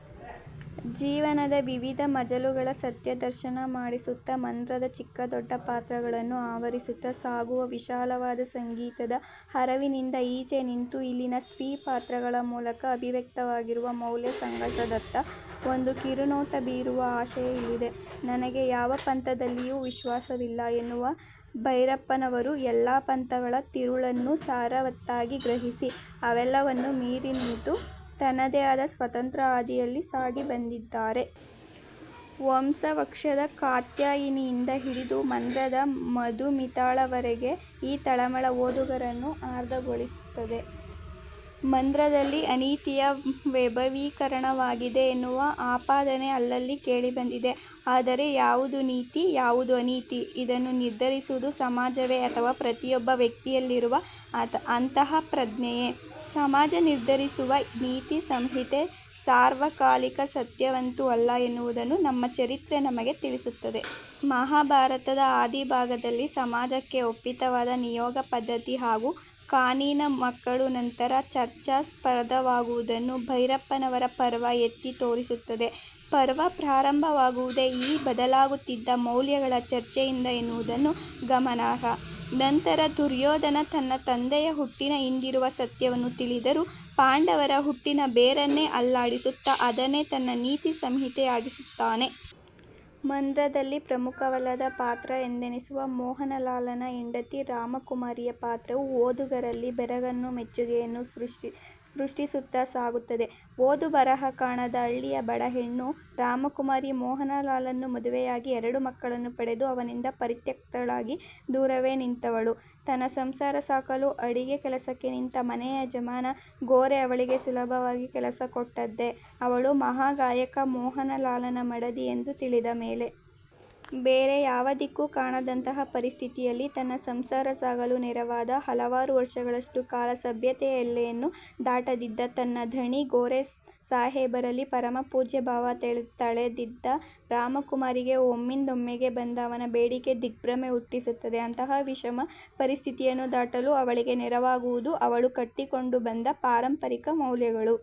ಜೀವನದ ವಿವಿಧ ಮಜಲುಗಳ ಸತ್ಯದರ್ಶನ ಮಾಡಿಸುತ್ತಾ ಮಂದ್ರದ ಚಿಕ್ಕ ದೊಡ್ಡ ಪಾತ್ರಗಳನ್ನು ಆವರಿಸುತ್ತಾ ಸಾಗುವ ವಿಶಾಲವಾದ ಸಂಗೀತದ ಹರವಿನಿಂದ ಈಚೆ ನಿಂತು ಇಲ್ಲಿನ ಸ್ತ್ರೀ ಪಾತ್ರಗಳ ಮೂಲಕ ಅಭಿವ್ಯಕ್ತವಾಗಿರುವ ವೌಲ್ಯ ಸಂಘರ್ಷದತ್ತ ಒಂದು ಕಿರು ನೋಟ ಬೀರುವ ಆಶಯ ಇಲ್ಲಿದೆ. 'ನನಗೆ ಯಾವ ಪಂಥದಲ್ಲಿಯೂ ವಿಶ್ವಾಸವಿಲ್ಲ' ಎನ್ನುವ ಭೆರಪ್ಪನವರು ಎಲ್ಲಾ ಪಂಥಗಳ ತಿರುಳನ್ನೂ ಸಾರವತ್ತಾಗಿ ಗ್ರಹಿಸಿ, ಅವೆಲ್ಲವನ್ನೂ ಮೀರಿನಿಂತು, ತನ್ನದೇ ಆದ ಸ್ವತಂತ್ರ ಹಾದಿಯಲ್ಲಿ ಸಾಗಿ ಬಂದಿದ್ದಾರೆ. 'ವಂಶವಕ್ಷ'ದ ಕಾತ್ಯಾಯನಿಯಿಂದ ಹಿಡಿದು 'ಮಂದ್ರ'ದ ಮಧುಮಿತಾಳವರೆಗೆ ಈ ತಳಮಳ ಓದುಗರನ್ನು ಆರ್ದ್ರಗೊಳಿಸುತ್ತದೆ. 'ಮಂದ್ರ'ದಲ್ಲಿ ಅನೀತಿಯ ವೆಭವೀಕರಣವಾಗಿದೆ ಎನ್ನುವ ಆಪಾದನೆ ಅಲ್ಲಲ್ಲಿ ಕೇಳಿಬಂದಿದೆ. ಆದರೆ, ಯಾವುದು ನೀತಿ? ಯಾವುದು ಅನೀತಿ? ಇದನ್ನು ನಿರ್ಧರಿಸುವುದು ಸಮಾಜವೇ ಅಥವಾ ಪ್ರತಿಯೊಬ್ಬ ವ್ಯಕ್ತಿಯಲ್ಲಿರುವ ಅಂತಃ ಪ್ರಜ್ಞೆಯೇ? ಸಮಾಜ ನಿರ್ಧರಿಸುವ ನೀತಿ ಸಂಹಿತೆ ಸಾರ್ವಕಾಲಿಕ ಸತ್ಯವಂತೂ ಅಲ್ಲ ಎನ್ನುವುದನ್ನು ನಮ್ಮ ಚರಿತ್ರೆ ನಮಗೆ ತಿಳಿಸುತ್ತಿದೆ. ಮಹಾಭಾರತದ ಆದಿ ಭಾಗದಲ್ಲಿ ಸಮಾಜಕ್ಕೆ ಒಪ್ಪಿತವಾದ ನಿಯೋಗ ಪದ್ಧತಿ ಹಾಗೂ ಕಾನೀನ ಮಕ್ಕಳು ನಂತರ ಚರ್ಚಾಸ್ಪದವಾಗುವುದನ್ನು ಭೆರಪ್ಪನವರ 'ಪರ್ವ' ಎತ್ತಿ ತೋರಿಸುತ್ತದೆ. ಪರ್ವ ಪ್ರಾರಂಭವಾಗುವುದೇ ಈ ಬದಲಾಗುತ್ತಿದ್ದ ವೌಲ್ಯಗಳ ಚರ್ಚೆಯಿಂದ ಎನ್ನುವುದನ್ನು ಗಮನಾರ್ಹ. ನಂತರ, ದುರ್ಯೋಧನ ತನ್ನ ತಂದೆಯ ಹುಟ್ಟಿನ ಹಿಂದಿರುವ ಸತ್ಯವನ್ನು ತಿಳಿದರೂ, ಪಾಂಡವರ ಹುಟ್ಟಿನ ಬೇರನ್ನೇ ಅಲ್ಲಾಡಿಸುತ್ತಾ, ಅದನ್ನೇ ತನ್ನ ನೀತಿ ಸಂಹಿತೆಯಾಗಿಸುತ್ತಾನೆ. ಮಂದ್ರದಲ್ಲಿ ಪ್ರಮುಖವಲ್ಲದ ಪಾತ್ರ ಎಂದೆನಿಸುವ ಮೋಹನಲಾಲನ ಹೆಂಡತಿ ರಾಮಕುಮಾರಿಯ ಪಾತ್ರವೂ ಓದುಗರಲ್ಲಿ ಬೆರಗನ್ನೂ ಮೆಚ್ಚುಗೆಯನ್ನೂ ಸಷ್ಟಿಸುತ್ತಾ ಸಾಗುತ್ತದೆ. ಓದು-ಬರಹ ಕಾಣದ ಹಳ್ಳಿಯ ಬಡ ಹೆಣ್ಣು ರಾಮಕುಮಾರಿ ಮೋಹನಲಾಲನನ್ನು ಮದುವೆಯಾಗಿ ಎರಡು ಮಕ್ಕಳನ್ನು ಪಡೆದು ಅವನಿಂದ ಪರಿತ್ಯಕ್ತಳಾಗಿ ದೂರವೇ ನಿಂತವಳು. ತನ್ನ ಸಂಸಾರ ಸಾಕಲು ಅಡಿಗೆ ಕೆಲಸಕ್ಕೆ ನಿಂತ ಮನೆಯ ಯಜಮಾನ, ಗೋರೆ ಅವಳಿಗೆ ಸುಲಭವಾಗಿ ಕೆಲಸ ಕೊಟ್ಟದ್ದೇ, ಅವಳು ಮಹಾಗಾಯಕ ಮೋಹನಲಾಲನ ಮಡದಿ ಎಂದು ತಿಳಿದಮೇಲೆ. ಬೇರೆ ಯಾವ ದಿಕ್ಕೂ ಕಾಣದಂತಹ ಪರಿಸ್ಥಿತಿಯಲ್ಲಿ, ತನ್ನ ಸಂಸಾರ ಸಾಗಲು ನೆರವಾದ, ಹಲವಾರು ವರ್ಷಗಳಷ್ಟು ಕಾಲ ಸಭ್ಯತೆಯ ಎಲ್ಲೆಯನ್ನು ದಾಟದಿದ್ದ ತನ್ನ ಧಣಿ ಗೋರೆಸಾಹೇಬರಲ್ಲಿ ಪರಮ ಪೂಜ್ಯ ಭಾವ ತಳೆದಿದ್ದ ರಾಮಕುಮಾರಿಗೆ ಒಮ್ಮಿಂದೊಮ್ಮೆಗೇ ಬಂದ ಅವನ ಬೇಡಿಕೆ ದಿಗ್ಭ್ರಮೆ ಹುಟ್ಟಿಸುತ್ತದೆ. ಅಂತಹ ವಿಷಮ ಪರಿಸ್ಥಿತಿಯನ್ನು ದಾಟಲು ಅವಳಿಗೆ ನೆರವಾಗುವುದು ಅವಳು ಕಟ್ಟಿಕೊಂಡು ಬಂದ ಪಾರಂಪರಿಕ ವೌಲ್ಯಗಳು.